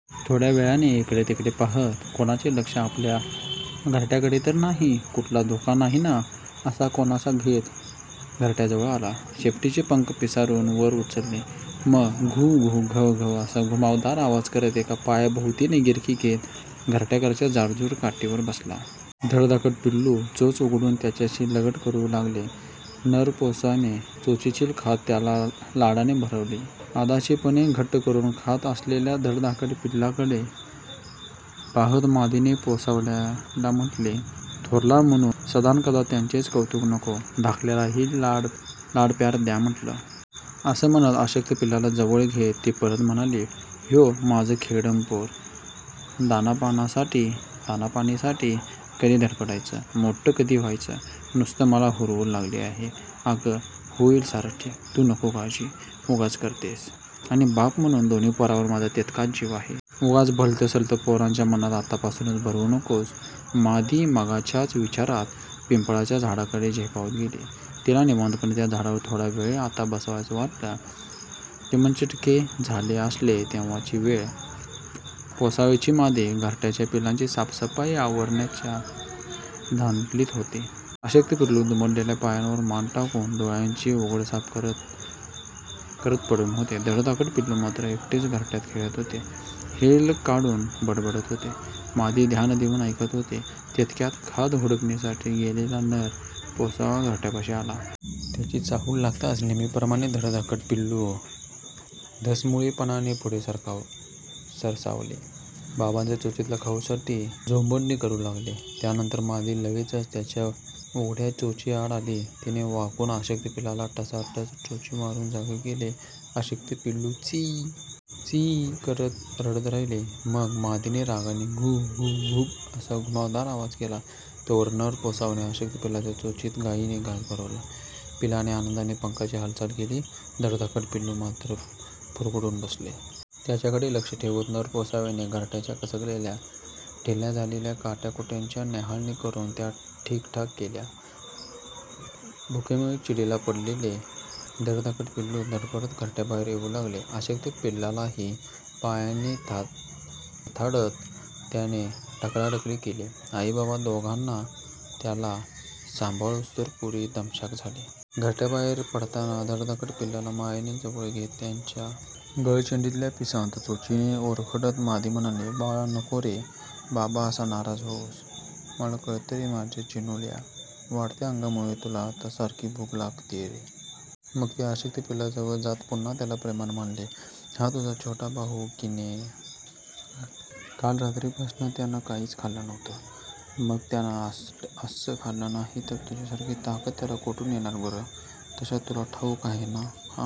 थोड्या वेळाने इकडे-तिकडे पाहत, 'कुणाचे लक्ष आपल्या घरट्याकडे तर नाही! कुठला धोका नाही ना!' असा कानोसा घेत तो घरट्याजवळ आला. शेपटीचे पंख पिसारून वर उचलले. मग घु.. घु.. घव्व्.. असा घुमावदार आवाज करत एका पायाभोवतीने गिरकी घेत घरट्याकडच्या जाडजूड काटकीवर बसला. धडधाकट पिलू चोच उघडून त्याच्याशी लगट करू लागले. नर पोसव्याने चोचीतली खाद त्याला लाडाने भरवली. अधाशीपणे घुट्ट करून खात असलेल्या धडधाकट पिलाकडे पाहत मादीने पोसव्याला म्हटले, 'थोरला म्हणून सदानकदा त्याचंच कौतुक नको! धाकल्यालाही लाडप्यार द्या म्हटलं!' असं म्हणत अशक्त पिलाला जवळ घेत ती परत म्हणाली, 'ह्ये, माझं खेडमं पोर दाणापाणीसाठी कधी धडपडायचं? मोठ्ठधाटं कधी व्हायचं? नुस्ती मला हुरहूर लागली आहे!' 'अगं, होईल सारं ठीक! तू नको ती काळजी उगाच करत्येस आणि बाप म्हणून दोन्ही पोरांवर माझा तितकाच जीव आहे. उगाच भलतसलतं पोरांच्या मनांत आतापासूनच भरवू नकोस!' मादी मघाच्याच विचारात पिंपळाच्या झाडाकडे झेपावत गेली. तिला निवांतपणे त्या झाडावर थोडा वेळ आता बसावंसं वाटलं. चिमणचिटके झाले असेल तेव्हाची वेळ... पोसव्याची मादी घरट्याची, पिलांची साफसफाई आवरण्याच्या धांदलीत होती. अशक्त पिलू दुमडलेल्या पायांवर मान टाकून डोळ्यांची उघडझाप करत पडून होते. धडधाकट पिलू मात्र एकटेच घरट्यात खेळत होते. हेल काढून बडबडत होते. मादी ध्यान देऊन ऐकत होती. तितक्यात खाद हुडकणीसाठी गेलेला नर पोसवा घरट्यापाशी आला. त्याची चाहूल लागताच नेहमीप्रमाणे धडधाकट पिलू धसमुळेपणाने पुढे सरसावले. बाबांच्या चोचीतल्या खाऊसाठी झोंबडणी करू लागले. त्यानंतर मादी लगेचच त्याच्या उघड्या चोचीआड आली. तिने वाकून अशक्त पिलाला टचा.. टचा.. चोची मारून जागे केले. अशक्त पिलू चीई.. चीई.. करत रडत राहिले. मग मादीने रागाने घु.. घु.. घुब्ब.. असा घुमावदार आवाज केला. तोवर नर पोसव्याने अशक्त पिलाच्या चोचीत घाईने घास भरवला. पिलाने आनंदाने पंखाची हालचाल केली. धडधाकट पिलू मात्र फुरगटून बसले. त्याच्याकडे लक्ष ठेवत नर पोसव्याने घरटयाच्या कचकलेल्या, ढिल्या झालेल्या काट्याकुटक्यांची न्याहळणी करून त्या ठीकठाक केल्या. भुकेमुळे चिडीला पडलेले धडधाकट पिलू धडपडत घरट्याबाहेर येऊ लागले. अशक्त पिलालाही पायांनी लाथाडत त्याने ढकलाढकली केली. आई-बाबा दोघांना त्याला सांभाळूस्तोवर पुरी दमछाक झाली. घरट्याबाहेर पडताना धडधाकट पिल्लाला मायेने जवळ घेत त्याच्या गळचेंडीतल्या पिसांत चोचीने ओरखडत मादी म्हणाली, 'बाळा, नको रे बाबा असा नाराज होऊस, मला कळतं रे माझ्या चिन्नुल्या! वाढत्या अंगामुळे तुला आता सारखी भूक लागत्ये ते!' मग ती अशक्त पिलाजवळ जात पुन्हा त्याला प्रेमाने म्हणाली, 'हा तुझा छोटा भाऊ आहे किनई! काल रात्रीपास्नं त्यानं काहीच खाल्लं नव्हतं. मग त्यानं अस्सं खाल्लं नाही तर तुझ्यासारखी ताकद त्याला कुठून येणार बरं! तशात तुला ठाऊक आहे ना हा